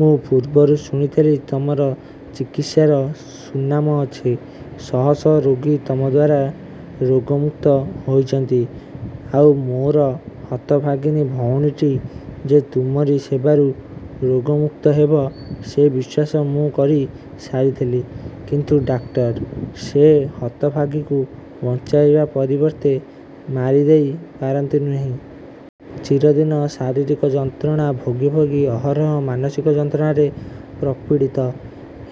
ମୁଁ ପୂର୍ବରୁ ଶୁଣିଥିଲି ତମର ଚିକିତ୍ସାର ସୁନାମ ଅଛି। ଶହ ଶହ ରୋଗୀ ତମ ଦ୍ୱାରା ରୋଗମୁକ୍ତ ହୋଇଛନ୍ତି। ଆଉ ମୋର ହତଭାଗିନୀ ଭଉଣୀଟି ଯେ ତୁମରି ସେବାରୁ ରୋଗମୁକ୍ତ ହେବ, ସେ ବିଶ୍ୱାସ ମୁଁ କରି ସାରିଥିଲି। କିନ୍ତୁ ଡକ୍ଟର, ସେ ହତଭାଗୀକୁ ବଞ୍ଚାଇବା ପରିବର୍ତ୍ତେ ମାରି ଦେଇ ପାରନ୍ତି ନାହିଁ? ଚିରଦିନ ଶାରୀରିକ ଯନ୍ତ୍ରଣା ଭୋଗି ଭୋଗି ଅହରହ ମାନସିକ ଯନ୍ତ୍ରଣାରେ ପ୍ରପୀଡ଼ିତ।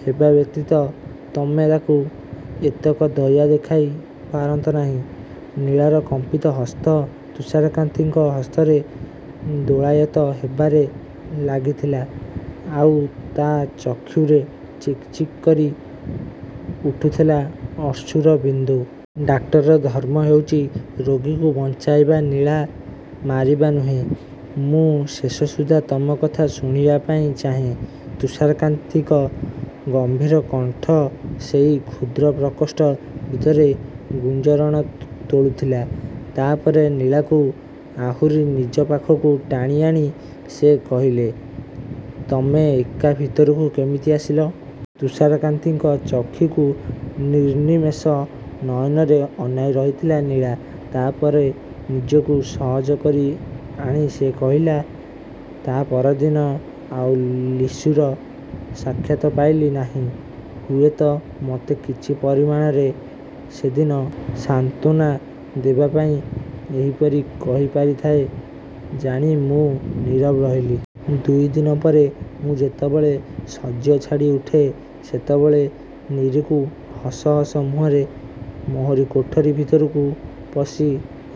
ହେବା ବ୍ୟତୀତ ତମେ ତାକୁ ଏତକ ଦୟା ଦେଖାଇ ପାରନ୍ତ ନାହିଁ? ଲୀଳାର କମ୍ପିତ ହସ୍ତ ତୁଷାରକାନ୍ତିଙ୍କ ହସ୍ତରେ ଦୋଳାୟିତ ହେବାରେ ଲାଗିଥିଲା। ଆଉ ତା ଚକ୍ଷୁରେ ଚିକ୍ ଚିକ୍ କରି ଉଠୁଥିଲା ଅଶ୍ରୁର ବିନ୍ଦୁ। ଡାକ୍ତରର ଧର୍ମ ହେଉଛି ରୋଗୀକୁ ବଞ୍ଚାଇବା ଲୀଳା, ମାରିବା ନୁହେଁ। ମୁଁ ଶେଷସୁଦ୍ଧା ତମ କଥା ଶୁଣିବା ପାଇଁ ଚାହେଁ ତୁଷାରକାନ୍ତିଙ୍କ ଗମ୍ଭୀର କଣ୍ଠ ସେହି କ୍ଷୁଦ୍ର ପ୍ରକୋଷ୍ଠ ଭିତରେ ଗୁଞ୍ଜରଣ ତୋଳୁଥିଲା। ତା ପରେ ଲୀଳାକୁ ଆହୁରି ନିଜ ପାଖକୁ ଟାଣି ଆଣି ସେ କହିଲେ-ତମେ ଏହା ଭିତରକୁ କେମିତି ଆସିଲ? ତୁଷାରକାନ୍ତିଙ୍କ ଚକ୍ଷୁକୁ ନିର୍ନିମେଷ ନୟନରେ ଅନାଇ ରହିଥିଲା ଲୀଳା। ତା ପରେ ନିଜକୁ ସହଜ କରି ଆଣି ସେ କହିଲା-ତା ପରଦିନ ଆଉ ଲୁସିର ସାକ୍ଷାତ ପାଇଲି ନାହିଁ। ହୁଏ ତ ମୋତେ କିଛି ପରିମାଣରେ ସେଦିନ ସାନ୍ତ୍ୱନା ଦେବା ପାଇଁ ଏହିପରି କହି ପାରିଥାଏ ଜାଣି ମୁଁ ନୀରବ ରହିଲି। ଦୁଇ ଦିନ ପରେ ମୁଁ ଯେତେବେଳେ ଶଯ୍ୟା ଛାଡ଼ି ଉଠେ, ସେତେବେଳେ ନୁରୁକୁ ହସ ହସ ମୁହଁରେ ମୋହରି କୋଠରି ଭିତରକୁ ପଶି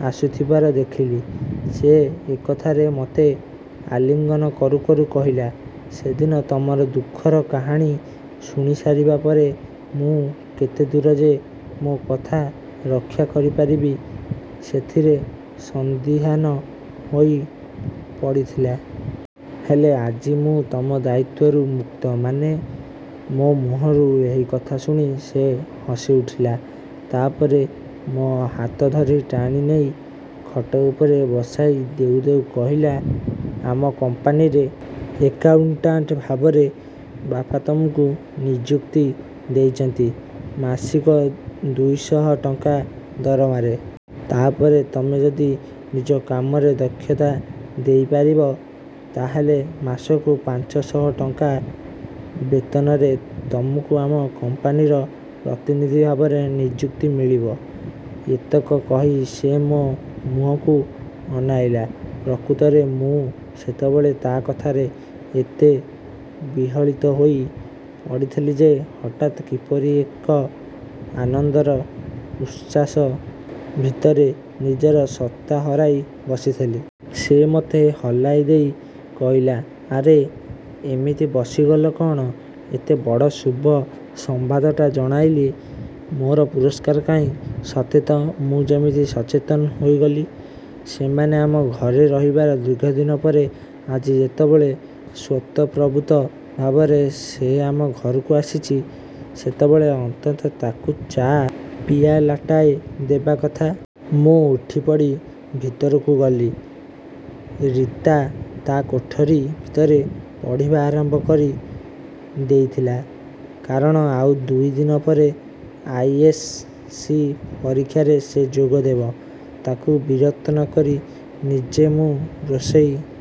ଆସୁଥିବାର ଦେଖିଲି। ସେ ଏକାଥରେ ମୋତେ ଆଲିଙ୍ଗନ କରୁ କରୁ କହିଲା-ସେଦିନ ତମର ଦୁଃଖର କାହାଣୀ ଶୁଣିସାରିବା ପରେ ମୁଁ କେତେଦୂର ଯେ ମୋ କଥା ରକ୍ଷା କରିପାରିବି, ସେଥିରେ ସନ୍ଦିହାନ ହୋଇ ପଡ଼ିଥିଲି। ହେଲେ, ଆଜି ମୁଁ ତମ ଦାୟିତ୍ୱରୁ ମୁକ୍ତ। ମାନେ? ମୋ ମୁହଁରୁ ଏହି କଥା ଶୁଣି ସେ ହସିଉଠିଲା। ତା ପରେ ମୋ ହାତ ଧରି ଟାଣି ନେଇ ଖଟ ଉପରେ ବସାଇ ଦେଉ ଦେଉ କହିଲା-ଆମ କମ୍ପାନୀରେ ଏକାଉଣ୍ଟାଣ୍ଟ ଭାବରେ ବାପା ତମକୁ ନିଯୁକ୍ତି ଦେଇଛନ୍ତି, ମାସିକ ଦୁଇ ଶହ ଟଙ୍କା ଦରମାରେ। ତା ପରେ ତମେ ଯଦି ନିଜ କାମରେ ଦକ୍ଷତା ଦେଖାଇପାର, ତା ହେଲେ ମାସକୁ ପାଞ୍ଚ ଶହ ଟଙ୍କା ବେତନରେ ତମକୁ ଆମ କମ୍ପାନୀର ପ୍ରତିନିଧି ଭାବରେ ନିଯୁକ୍ତି ମିଳିବ। ଏତକ କହି ସେ ମୋ ମୁହଁକୁ ଅନାଇଲା। ପ୍ରକୃତରେ ମୁଁ ସେତେବେଳେ ତା କଥାରେ ଏତେ ବିହଳିତ ହୋଇ ପଡ଼ିଥିଲି ଯେ, ହଠାତ୍ କିପରି ଏକ ଆନନ୍ଦର ଉଚ୍ଛ୍ୱାସ ଭିତରେ ନିଜର ସତ୍ତା ହରାଇ ବସିଥିଲି। ସେ ମୋତେ ହଲାଇ ଦେଇ କହିଲା-ଆରେ, ଏମିତି ବସିଗଲ କଣ, ଏତେ ବଡ଼ ଶୁଭ ସମ୍ବାଦଟା ଜଣାଇଲି, ମୋର ପୁରସ୍କାର କାହିଁ? ସତେ ତ, ମୁଁ ଯେମିତି ସଚେତନ ହୋଇଗଲି। ସେମାନେ ଆମ ଘରେ ରହିବାର ଦୀର୍ଘଦିନ ପରେ ଆଜି ଯେତେବେଳେ ସ୍ୱତଃପ୍ରବୃତ୍ତ ଭାବରେ ସେ ଆମ ଘରକୁ ଆସିଛି, ସେତେବେଳେ ଅନ୍ତତଃ ତାକୁ ଚା' ପିଆଲାଟାଏ ଦେବା କଥା। ମୁଁ ଉଠିପଡ଼ି ଭିତରକୁ ଗଲି। ରୀତା ତା କୋଠରି ଭିତରେ ପଢ଼ିବା ଆରମ୍ଭ କରି ଦେଇଥିଲା। କାରଣ ଆଉ ଦୁଇ ଦିନ ପରେ ଆଇ. ଏସ୍-ସି. ପରୀକ୍ଷାରେ ସେ ଯୋଗ ଦେବ। ତାକୁ ବିରକ୍ତ ନ କରି ନିଜେ ମୁଁ ରୋଷାଇ